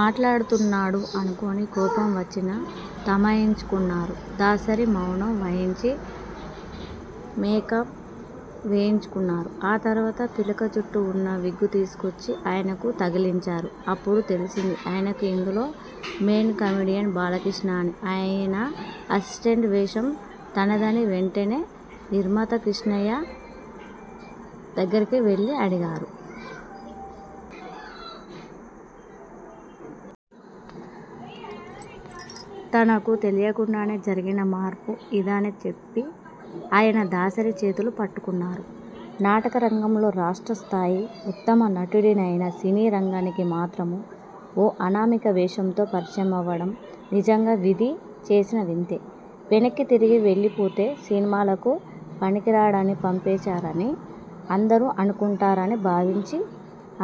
మాట్లాడుతున్నాడు?.. అనుకుని కోపం వచ్చినా తమాయించుకొన్నారు దాసరి. మౌనం వహించి మేకప్ వేయించుకొన్నారు. ఆ తర్వాత పిలకజుట్టు ఉన్న విగ్గు తీసుకొచ్చి ఆయనకి తగిలించారు. అప్పుడు తెలిసింది ఆయనకు.. ఇందులో మెయిన్ కమెడియన్ బాలకృష్ణ అనీ, ఆయిన అసిస్టెంట్ వేషం తనదనీ. వెంటనే నిర్మాత కృష్ణయ్య దగ్గరికి వెళ్లి అడిగారు. తనకు తెలియకుండానే జరిగిన మార్పు ఇదని చెప్పి ఆయన దాసరి చేతులు పట్టుకున్నారు. నాటకరంగంలో రాష్ట్ర స్థాయి ఉత్తమ నటుడినైనా సినిరంగానికి మాత్రం ఓ అనామిక వేషంతో పరిచయమవడం నిజంగా విధి చేసిన వింతే. వెనక్కి తిరిగి వెళ్లిపోతే 'సినిమాలకు పనికిరాడని పంపించేశారని' అందరూ అనుకొంటారని భావించి,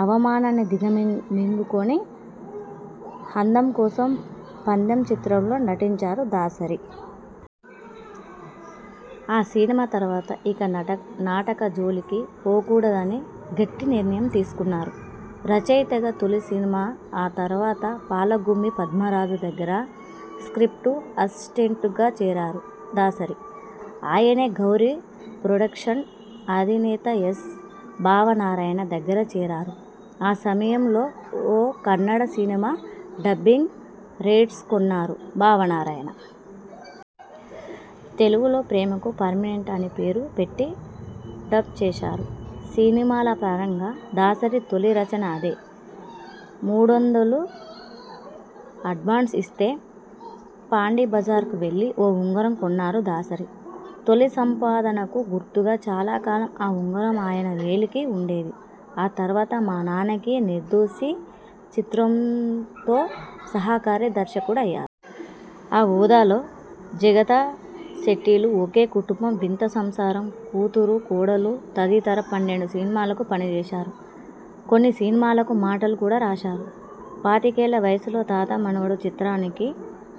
అవమానాన్ని దిగమింగుకొని 'అందం కోసం పందెం' చిత్రంలో నటించారు దాసరి. ఆ సినిమా తర్వాత ఇక నాటక జోలికి పోకూడదని గట్టి నిర్ణయం తీసుకొన్నారు. రచయితగా తొలి సినిమాఆ తర్వాత పాలగుమ్మి పద్మరాజు దగ్గర స్ర్కిప్ట్ అసిస్టెంట్గా చేరారు దాసరి. ఆయనే గౌరీ ప్రొడక్షన్స్ అధినేత ఎస్. భావనారాయణ దగ్గర చేరారు. ఆ సమయంలో ఓ కన్నడ సినిమా డబ్బింగ్ రేట్స్ కొన్నారు భావనారాయణ. తెలుగులో 'ప్రేమకు పర్మినెంట్' అని పేరు పెట్టి డబ్ చేశారు. సినిమాలపరంగా దాసరి తొలి రచన అదే. మూడొందలు అడ్వాన్స్ ఇస్తే పాండీబజార్కు వెళ్లి ఓ ఉంగరం కొన్నారు దాసరి. తొలి సంపాదనకి గుర్తుగా చాలాకాలం ఆ ఉంగరం ఆయన వేలుకి ఉండేది. ఆ తర్వాత 'మా నాన్నకి నిర్దోషి' చిత్రంతో సహకార దర్శకుడయ్యారు. ఆ హోదాలో 'జగత సెట్టీలు', 'ఒకే కుటుంబం', 'వింత సంసారం', 'కూతురు కోడలు' తదితర పన్నెండు సినిమాలకు పనిచేశారు. కొన్ని సినిమాలకు మాటలు కూడా రాశారు. పాతికేళ్ల వయసులో 'తాత-మనవడు' చిత్రానికి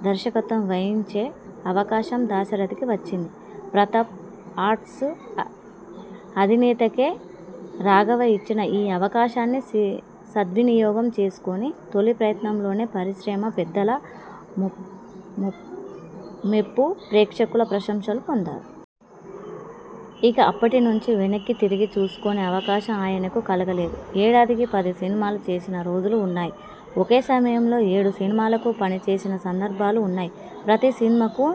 దర్శకత్వం వహించే అవకాశం దాసరతికి వచ్చింది. ప్రతాప్ ఆర్ట్స్ అధినేత కె. రాఘవ ఇచ్చిన ఈ అవకాశాన్ని సద్వినియోగం చేసుకొని, తొలి ప్రయత్నంలోనే పరిశ్రమ పెద్దల మెప్పు, ప్రేక్షకుల ప్రశంసలు పొందారు. ఇక అప్పటి నుంచి వెనక్కి తిరిగి చూసుకొనే అవకాశం ఆయనకి కలగలేదు. ఏడాదికి పది సినిమాలు చేసిన రోజులు ఉన్నాయి. ఒకే సమయంలో ఏడు సినిమాలకు పని చేసిన సందర్భాలూ ఉన్నాయి. ప్రతి సినిమాకీ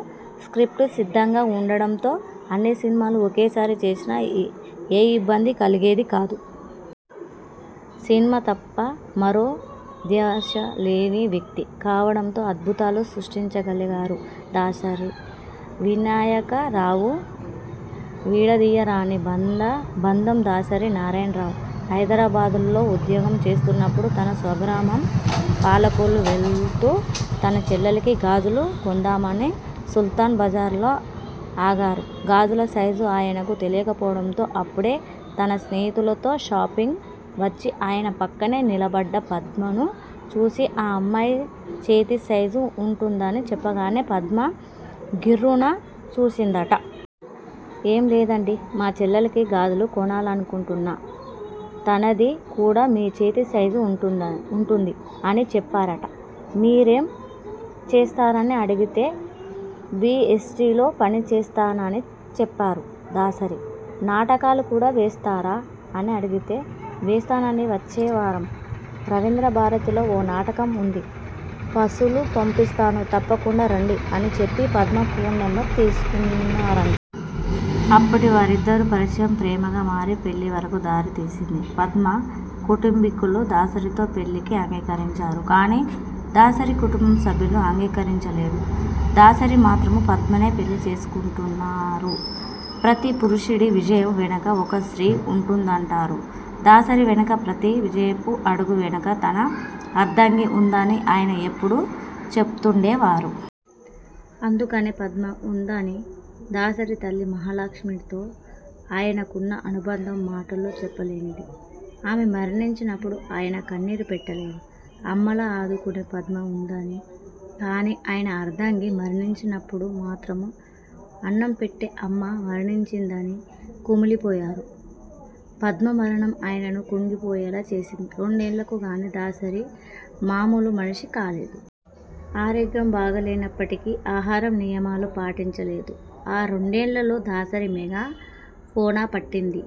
స్ర్కిప్ట్ సిద్ధంగా ఉండటంతో అన్ని సినిమాలు ఒకేసారి చేసినా ఏ ఇబ్బంది కలిగేది కాదు. సినిమా తప్ప మరో ధ్యాస లేని వ్యక్తి కావడంతో అద్భుతాలు సృష్టించగలిగారు దాసరి. వినాయకరావువిడదీయరాని బంధందాసరి నారాయణరావు హైదరాబాద్లో ఉద్యోగం చేస్తున్నప్పుడు తన స్వగ్రామం పాలకొల్లు వెళ్తు తన చెల్లెలికి గాజులు కొందామని సుల్తాన్ బజారులో ఆగారు. గాజుల సైజ్ ఆయనకు తెలియకపోవడంతో అప్పుడే తన స్నేహితులతో షాపింగ్ వచ్చి ఆయన పక్కనే నిలబడ్డ పద్మను చూసి 'ఆ అమ్మాయి చేతి సైజ్' ఉంటుందని చెప్పగానే పద్మ గిర్రును చూసిందట. 'ఏం లేదండీ మా చెల్లెలికి గాజులు కొనాలనుకుంటున్నా. తనది కూడా మీ చేతి సైజ్ ఉంటుంది' అని చెప్పారట. మీరేం చేస్తారని అడిగితే విఎస్టీలో పనిచేస్తానని చెప్పారు దాసరి. నాటకాలు కూడా వేస్తారా? అని అడిగితే.. 'వేస్తానండీ వచ్చేవారం రవీంద్రభారతిలో ఓ నాటకం ఉంది. పాసులు పంపిస్తాను తప్పకుండా రండి' అని చెప్పి పద్మ ఫోన్ నంబర్ తీసుకున్నారట. అప్పటి వారిద్దరి పరిచయం ప్రేమగా మారి పెళ్లి వరకూ దారితీసింది. పద్మ కుటుంబీకులు దాసరితో పెళ్లికి అంగీకరించారు కానీ దాసరి కుటుంబ సభ్యులు అంగీకరించలేదు. దాసరి మాత్రం పద్మనే పెళ్లి చేసుకుంటున్నారు. ప్రతి పురుషుడి విజయం వెనుక ఓ స్త్రీ ఉంటుందంటారు. దాసరి వేసిన ప్రతి విజయపు అడుగు వెనుక తన అర్ధాంగి ఉందని ఆయన ఎప్పడూ చెబుతుండేవారు. ఆదుకునే పద్మ ఉందని.. దాసరి తల్లి మహాలక్ష్మితో ఆయనకున్న అనుబంధం మాటల్లో చెప్పలేనిది. ఆమె మరణించినప్పుడు ఆయన కన్నీరు పెట్టలేదు. అమ్మలా ఆదుకునే పద్మ ఉందని. కానీ ఆయన అర్ధాంగి మరణించినప్పుడు మాత్రం అన్నం పెట్టే అమ్మ మరణించిందని కుమిలిపోయారు. పద్మ మరణం ఆయన్ను కుంగిపోయేలా చేసింది, రెండేళ్లకు గానీ దాసరి మామూలు మనిషి కాలేదు. ఆరోగ్యం బాలేనప్పటికీ ఆహార నియమాలు పాటించలేదు. ఆ రెండేళ్లల్లో దాసరి మెగా ఫోన పట్టింది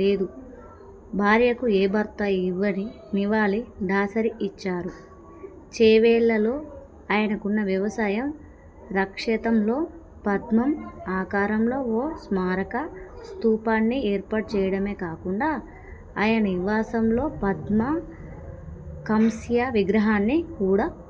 లేదు. భార్యకు ఏ భర్త ఇవ్వని నివాళి దాసరి ఇచ్చారు. చేవెళ్లలో ఆయనకున్న వ్యవసాయ రక్షేతంలో పద్మం ఆకారంలో ఓ స్మారక స్తూపాన్ని ఏర్పాటు చెయ్యడమే కాకుండా ఆయన నివాసంలో పద్మ కాంస్య విగ్రహాన్ని కూడా ఉంచారు.